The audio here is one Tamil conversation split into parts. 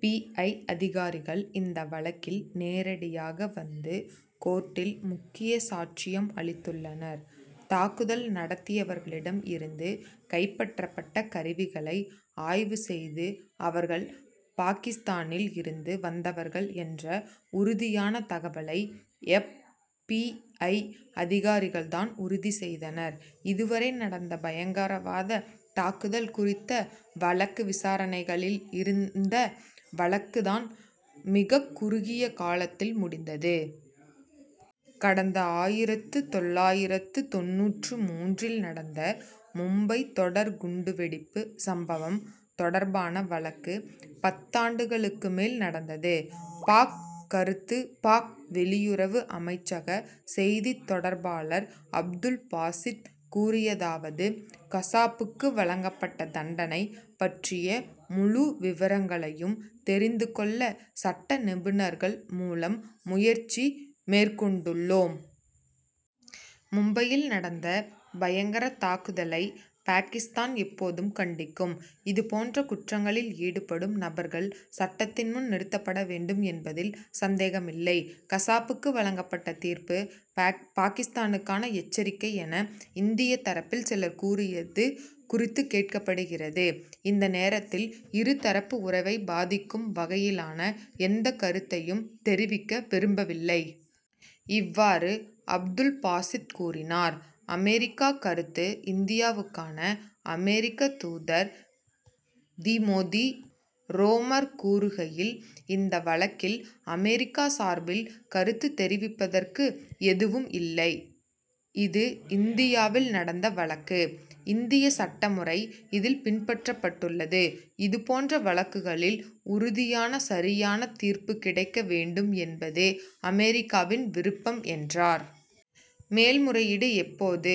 பி. ஐ. அதிகாரிகள் இந்த வழக்கில் நேரடியாக வந்து கோர்ட்டில் முக்கிய சாட்சியம் அளித்துள்ளனர். தாக்குதல் நடத்தியவர்களிடம் இருந்து கைப்பற்றப்பட்ட கருவிகளை ஆய்வு செய்து அவர்கள் பாகிஸ்தானில் இருந்து வந்தவர்கள் என்ற உறுதியான தகவலை எப். பி. ஐ. அதிகாரிகள்தான் உறுதி செய்தனர். இதுவரை நடந்த பயங்கரவாத தாக்குதல் குறித்த வழக்கு விசாரணைகளில் இருந்த வழக்கு தான் மிகக் குறுகிய காலத்தில் முடிந்தது. கடந்த ஆயிரத்து தொள்ளாயிரத்து தொண்ணூற்று மூன்றில் நடந்த மும்பை தொடர் குண்டு வெடிப்பு சம்பவம் தொடர்பான வழக்கு பத்தாண்டுகளுக்கு மேல் நடந்தது. பாக். கருத்து பாக். வெளியுறவு அமைச்சக செய்தித் தொடர்பாளர் அப்துல் பாசித் கூறியதாவது கசாபுக்கு வழங்கப்பட்ட தண்டனை பற்றிய முழு விவரங்களையும் தெரிந்து கொள்ள சட்ட நிபுணர்கள் மூலம் முயற்சி மேற்கொண்டுள்ளோம். மும்பையில் நடந்த பயங்கர தாக்குதலை பாகிஸ்தான் எப்போதும் கண்டிக்கும். இதுபோன்ற குற்றங்களில் ஈடுபடும் நபர்கள் சட்டத்தின்முன் நிறுத்தப்பட வேண்டும் என்பதில் சந்தேகம் இல்லை. கசாப்புக்கு வழங்கப்பட்ட தீர்ப்பு பாகிஸ்தானுக்கான எச்சரிக்கை என இந்திய தரப்பில் சிலர் கூறியது குறித்து கேட்கப்படுகிறது. இந்த நேரத்தில் இரு தரப்பு உறவை பாதிக்கும் வகையிலான எந்த கருத்தையும் தெரிவிக்க விரும்பவில்லை. இவ்வாறு அப்துல் பாசித் கூறினார். அமெரிக்கா கருத்து இந்தியாவுக்கான அமெரிக்க தூதர் திமோதி ரோமர் கூறுகையில் இந்த வழக்கில் அமெரிக்கா சார்பில் கருத்து தெரிவிப்பதற்கு எதுவும் இல்லை. இது இந்தியாவில் நடந்த வழக்கு. இந்திய சட்டமுறை இதில் பின்பற்றப்பட்டுள்ளது. இதுபோன்ற வழக்குகளில் உறுதியான சரியான தீர்ப்பு கிடைக்க வேண்டும் என்பதே அமெரிக்காவின் விருப்பம் என்றார். மேல் முறையீடு எப்போது?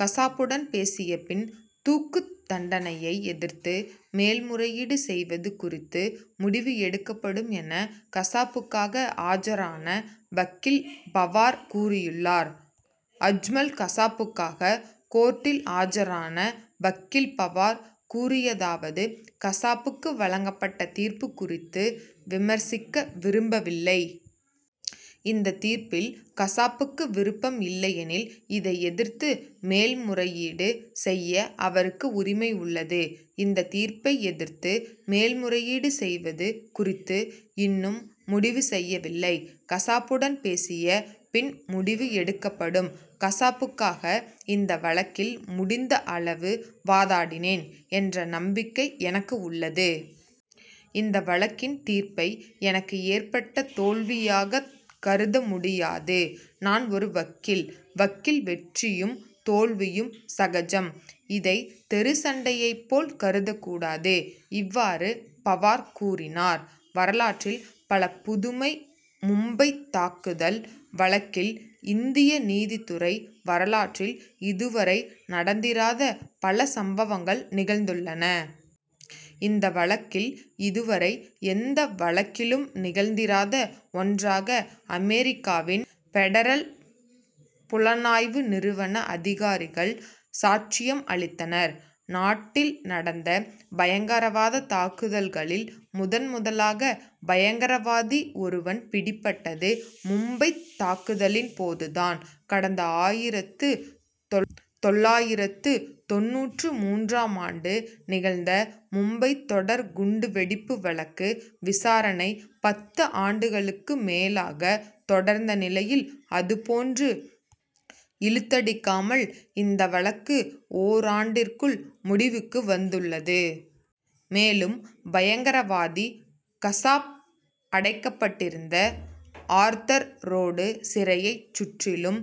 கசாபுடன் பேசிய பின் தூக்குத் தண்டனையை எதிர்த்து மேல் முறையீடு செய்வது குறித்து முடிவு எடுக்கப்படும் என கசாபுக்காக ஆஜரான வக்கீல் பவார் கூறியுள்ளார். அஜ்மல் கசாபுக்காக கோர்ட்டில் ஆஜரான வக்கீல் பவார் கூறியதாவது கசாபுக்கு வழங்கப்பட்ட தீர்ப்பு குறித்து விமர்சிக்க விரும்பவில்லை. இந்த தீர்ப்பில் கசாபுக்கு விருப்பம் இல்லையெனில் இதை எதிர்த்து மேல் முறையீடு செய்ய அவருக்கு உரிமை உள்ளது. இந்த தீர்ப்பை எதிர்த்து மேல் முறையீடு செய்வது குறித்து இன்னும் முடிவு செய்யவில்லை. கசாபுடன் பேசிய பின் முடிவு எடுக்கப்படும். கசாபுக்காக இந்த வழக்கில் முடிந்த அளவு வாதாடினேன் என்ற நம்பிக்கை எனக்கு உள்ளது. இந்த வழக்கின் தீர்ப்பை எனக்கு ஏற்பட்ட தோல்வியாகக் கருத முடியாது. நான் ஒரு வக்கீல். வக்கீல் வெற்றியும் தோல்வியும் சகஜம். இதை தெரு சண்டையைப் போல் கருதக்கூடாது. இவ்வாறு பவார் கூறினார். வரலாற்றில் பல புதுமை மும்பைத் தாக்குதல் வழக்கில் இந்திய நீதித்துறை வரலாற்றில் இதுவரை நடந்திராத பல சம்பவங்கள் நிகழ்ந்துள்ளன. இந்த வழக்கில் இதுவரை எந்த வழக்கிலும் நிகழ்ந்திராத ஒன்றாக அமெரிக்காவின் பெடரல் புலனாய்வு நிறுவன அதிகாரிகள் சாட்சியம் அளித்தனர். நாட்டில் நடந்த பயங்கரவாத தாக்குதல்களில் முதல்முதலாக பயங்கரவாதி ஒருவன் பிடிபட்டது மும்பைத் தாக்குதலின் போதுதான். கடந்த ஆயிரத்து தொள்ளாயிரத்து தொண்ணூற்று மூன்றாம் ஆண்டு நிகழ்ந்த மும்பை தொடர் குண்டு வெடிப்பு வழக்கு விசாரணை பத்து ஆண்டுகளுக்கு மேலாக தொடர்ந்த நிலையில் அதுபோன்று இழுத்தடிக்காமல் இந்த வழக்கு ஓராண்டிற்குள் முடிவுக்கு வந்துள்ளது. மேலும் பயங்கரவாதி கசாப் அடைக்கப்பட்டிருந்த ஆர்தர் ரோடு சிறையைச் சுற்றிலும்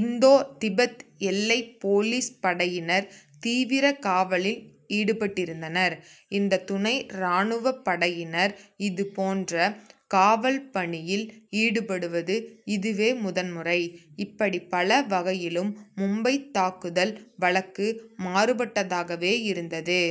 இந்தோ திபெத் எல்லைப் போலீஸ் படையினர் தீவிர காவலில் ஈடுபட்டிருந்தனர். இந்த துணை ராணுவப் படையினர் இதுபோன்ற காவல் பணியில் ஈடுபடுவது இதுவே முதல் முறை. இப்படி பல வகையிலும் மும்பைத் தாக்குதல் வழக்கு மாறுபட்டதாகவே இருந்தது